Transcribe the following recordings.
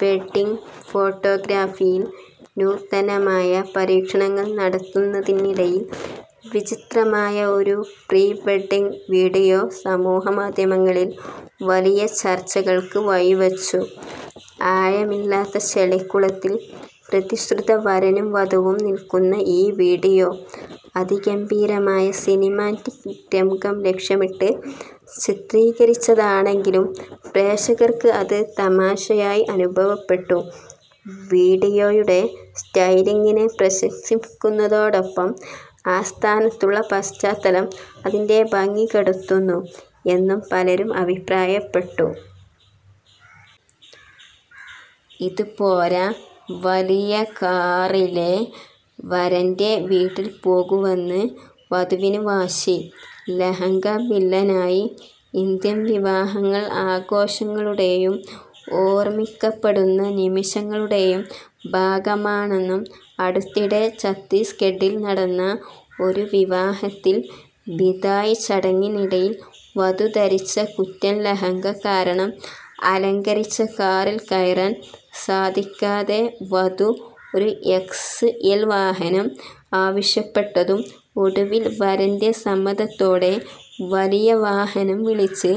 Wedding ഫോട്ടോഗ്രാഫിയിൽ നൂതനമായ പരീക്ഷണങ്ങൾ നടത്തുന്നതിനിടയിൽ വിചിത്രമായ ഒരു പ്രീ-വെഡ്ഡിങ് വീഡിയോ സമൂഹമാധ്യമങ്ങളിൽ വലിയ ചർച്ചകൾക്ക് വഴിവെച്ചു. ആഴമില്ലാത്ത ചെളിക്കുളത്തിൽ പ്രതിശ്രുത വരനും വധുവും നിൽക്കുന്ന ഈ വീഡിയോ, അതിഗംഭീരമായ സിനിമാറ്റിക് രംഗം ലക്ഷ്യമിട്ട് ചിത്രീകരിച്ചതാണെങ്കിലും, പ്രേക്ഷകർക്ക് അത് തമാശയായി അനുഭവപ്പെട്ടു. വീഡിയോയുടെ സ്റ്റൈലിംഗിനെ പ്രശംസിക്കുന്നതിനോടൊപ്പം, അസ്ഥാനത്തുള്ള പശ്ചാത്തലം അതിൻ്റെ ഭംഗി കെടുത്തുന്നു എന്നും പലരും അഭിപ്രായപ്പെട്ടു. ഇത് പോര, വലിയ കാറിലേ വരന്റെ വീട്ടിൽ പോകൂവെന്ന് വധുവിന് വാശി; ലഹങ്ക വില്ലനായി! ഇന്ത്യൻ വിവാഹങ്ങൾ ആഘോഷങ്ങളുടെയും ഓർമ്മിക്കപ്പെടുന്ന നിമിഷങ്ങളുടെയും ഭാഗമാണെന്നും, അടുത്തിടെ ഛത്തീസ്ഗഢിൽ നടന്ന ഒരു വിവാഹത്തിൽ ബിദായി ചടങ്ങിനിടയിൽ വധു ധരിച്ച കൂറ്റൻ ലെഹങ്ക കാരണം അലങ്കരിച്ച കാറിൽ കയറാൻ സാധിക്കാതെ വധു ഒരു എക്സ്എൽ വാഹനം ആവശ്യപ്പെട്ടതും, ഒടുവിൽ വരന്റെ സമ്മതത്തോടെ വലിയ വാഹനം വിളിച്ച്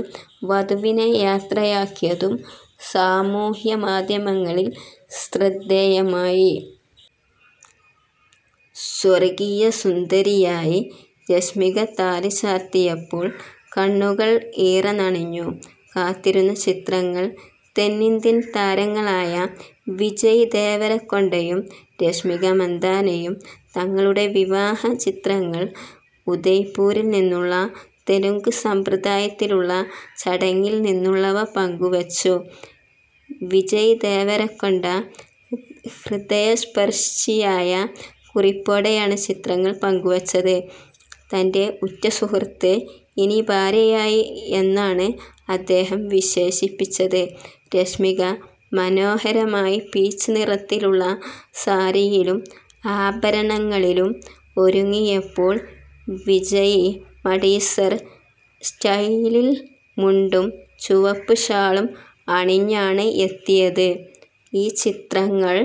വധുവിനെ യാത്രയാക്കിയതും സാമൂഹ്യ മാധ്യമങ്ങളിൽ ശ്രദ്ധേയമായി. സ്വർഗീയ സുന്ദരിയായി രശ്മിക; താലി ചാർത്തിയപ്പോൾ കണ്ണുകൾ ഈറനണിഞ്ഞു; കാത്തിരുന്ന ചിത്രങ്ങൾ! തെന്നിന്ത്യൻ താരങ്ങളായ വിജയ് ദേവരകൊണ്ടയും രശ്മിക മന്ദാനയും തങ്ങളുടെ വിവാഹ ചിത്രങ്ങൾ ഉദയ്പൂരിൽ നിന്നുള്ള തെലുങ്ക് സമ്പ്രദായത്തിലുള്ള ചടങ്ങിൽ നിന്നുള്ളവ പങ്കുവെച്ചു, വിജയ് ദേവരകൊണ്ട ഹൃദയസ്പർശിയായ കുറിപ്പോടെയാണ് ചിത്രങ്ങൾ പങ്കുവെച്ചത്, തൻ്റെ ഉറ്റ സുഹൃത്ത് ഇനി ഭാര്യയായി എന്നാണ് അദ്ദേഹം വിശേഷിപ്പിച്ചത്, രശ്മിക മനോഹരമായ പീച്ച് നിറത്തിലുള്ള സാരിയിലും ആഭരണങ്ങളിലും ഒരുങ്ങിയപ്പോൾ, വിജയ് മടിസർ സ്റ്റൈലിൽ മുണ്ടും ചുവപ്പ് ഷാളും അണിഞ്ഞാണ് എത്തിയത്, ഈ ചിത്രങ്ങൾ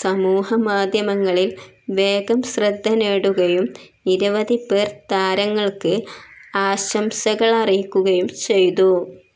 സമൂഹമാധ്യമങ്ങളിൽ വേഗം ശ്രദ്ധനേടുകയും നിരവധി പേർ താരങ്ങൾക്ക് ആശംസകളറിയിക്കുകയും ചെയ്തു.